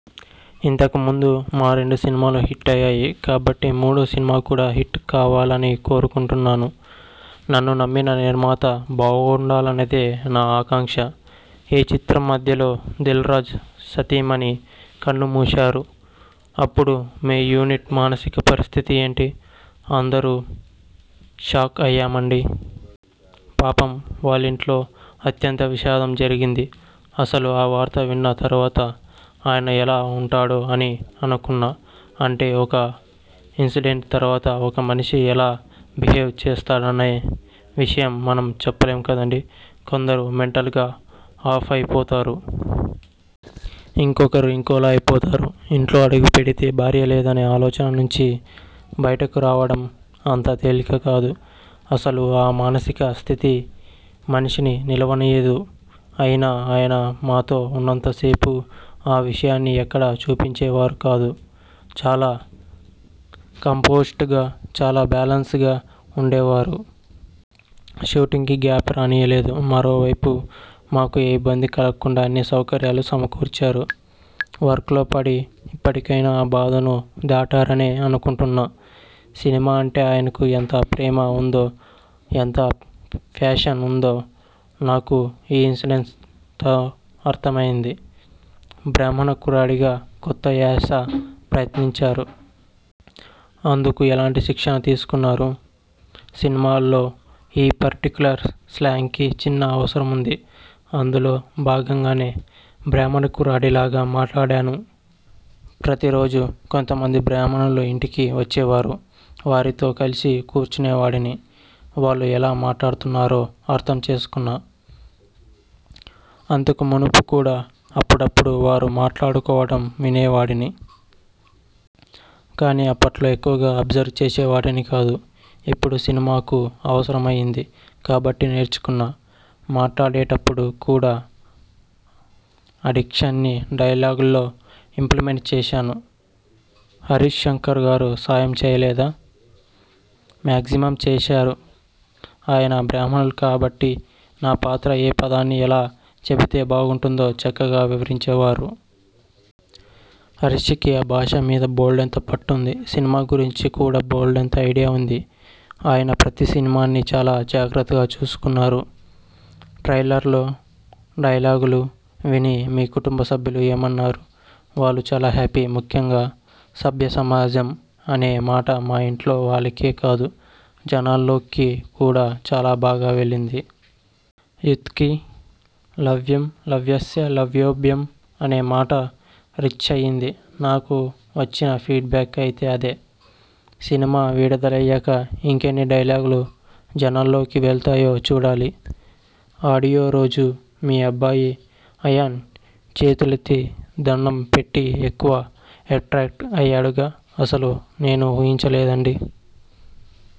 ఇంతకు ముందు మా రెండు సినిమాలు హిట్ అయ్యాయి కాబట్టి మూడో సినిమా కూడా హిట్ కావాలని కోరుకుంటున్నాను. నన్ను నమ్మిన నిర్మాత బావుండాలన్నదే నా ఆకాంక్ష. ఈ చిత్రం మధ్యలో దిల్రాజు సతీమణి కన్నుమూశారు అప్పుడు మీ యూనిట్ మానసిక పరిస్థితి ఏంటి? అందరం షాక్ అయ్యామండీ. పాపం వాళ్లింట్లో అత్యంత విషాదం జరిగింది. అసలు ఆ వార్త విన్న తర్వాత, ఆయన ఎలా ఉంటాడో అని అనుకున్నా అంటే ఒక ఇన్సిడెంట్ తర్వాత ఒక మనిషి ఎలా బిహేవ్ చేస్తాడనే విషయాన్ని మనం చెప్పలేం కదండీ! కొందరు మెంటల్గా ఆఫ్ అయి పోతారు. ఇంకొకరు ఇంకోలా అయిపోతారు. ఇంట్లో అడుగుపెడితే భార్య లేదనే ఆలోచన నుంచి బయటకు రావడం అంత తేలికకాదు. అసలు ఆ మానసిక స్థితి మనిషిని నిలవనీయదు. అయినా ఆయన మాతో ఉన్నంత సేపూ ఆ విషయాన్ని ఎక్కడా చూపించేవారు కాదు. చాలా కంపోజ్డ్గా, చాలా బ్యాలెన్స్డ్గా ఉండేవారు. షూటింగ్కి గ్యాప్ రానీయలేదు. మరో వైపు మాకు ఏ ఇబ్బంది కలగకుండా అన్నీ సౌకర్యాలూ సమకూర్చారు. వర్క్లో పడి, ఇప్పటికైనా ఆ బాధను దాటారనే అనుకుంటున్నా. సినిమా అంటే ఆయనకు ఎంత ప్రేమ ఉందో, ఎంత ప్యాషన్ ఉందో నాకు ఈ ఇన్సిడెంట్తో అర్థమైంది. బ్రాహ్మణ కుర్రాడిగా కొత్త యాస ప్రయత్నించారు. అందుకు ఎలాంటి శిక్షణ తీసుకున్నారు? సినిమాలో ఈ పర్టిక్యులర్ స్లాంగ్కి చిన్న అవసరం ఉంది. అందులో భాగంగానే బ్రాహ్మణ కుర్రాడిలాగా మాట్లాడాను. ప్రతిరోజూ కొంతమంది బ్రాహ్మణులు ఇంటికి వచ్చేవారు. వారితో కలిసి కూర్చునేవాడిని. వాళ్లు ఎలా మాట్లాడుతున్నారో అర్థం చేసుకున్నా. అంతకుమునుపు కూడా అప్పుడప్పుడూ వారు మాట్లాడుకోవడం వినేవాడిని. కానీ అప్పట్లో ఎక్కువగా అబ్జర్వ్ చేసేవాడిని కాదు. ఇప్పుడు సినిమాకు అవసరమైంది కాబట్టి నేర్చుకున్నా. మాట్లాడేటప్పుడు కూడా ఆ డిక్షన్ని డైలాగ్లో ఇంప్లిమెంట్ చేశాను. హరీశ్శంకర్గారు సాయం చేయలేదా? మేగ్జిమమ్ చేశారు. ఆయన బ్రాహ్మణులు కాబట్టి నా పాత్ర ఏ పదాన్ని ఎలా చెబితే బావుంటుందో చక్కగా వివరించేవారు. హరీశ్కి ఆ భాష మీద బోలెడంత పట్టు ఉంది. సినిమా గురించి కూడా బోలెడంత ఐడియా ఉంది. ఆయన ప్రతి సినిమాని చాలా జాగ్రత్తగా చూసుకున్నారు. ట్రైలర్లో డైలాగులు విని మీ కుటుంబసభ్యులు ఏమన్నారు? వాళ్లు చాలా హ్యాపీ. ముఖ్యంగా 'సభ్య సమాజం' అనే మాట మా ఇంట్లో వాళ్లకే కాదు జనాల్లోకి కూడా చాలా బాగా వెళ్లింది. యూత్కి 'లవ్వః లవ్యస్య లవ్యభ్యో' అనే మాట రీచ్ అయింది. నాకు వచ్చిన ఫీడ్ బ్యాక్ అయితే అదే. సినిమా విడుదలయ్యాక ఇంకెన్ని డైలాగులు జనాల్లోకి వెళ్తాయో చూడాలి. ఆడియో రోజు మీ అబ్బాయి అయాన్ చేతులెత్తి దణ్ణం పెట్టి ఎక్కువ ఎట్రాక్ట్ అయ్యాడుగా! అస్సలు నేను ఊహించలేదండీ.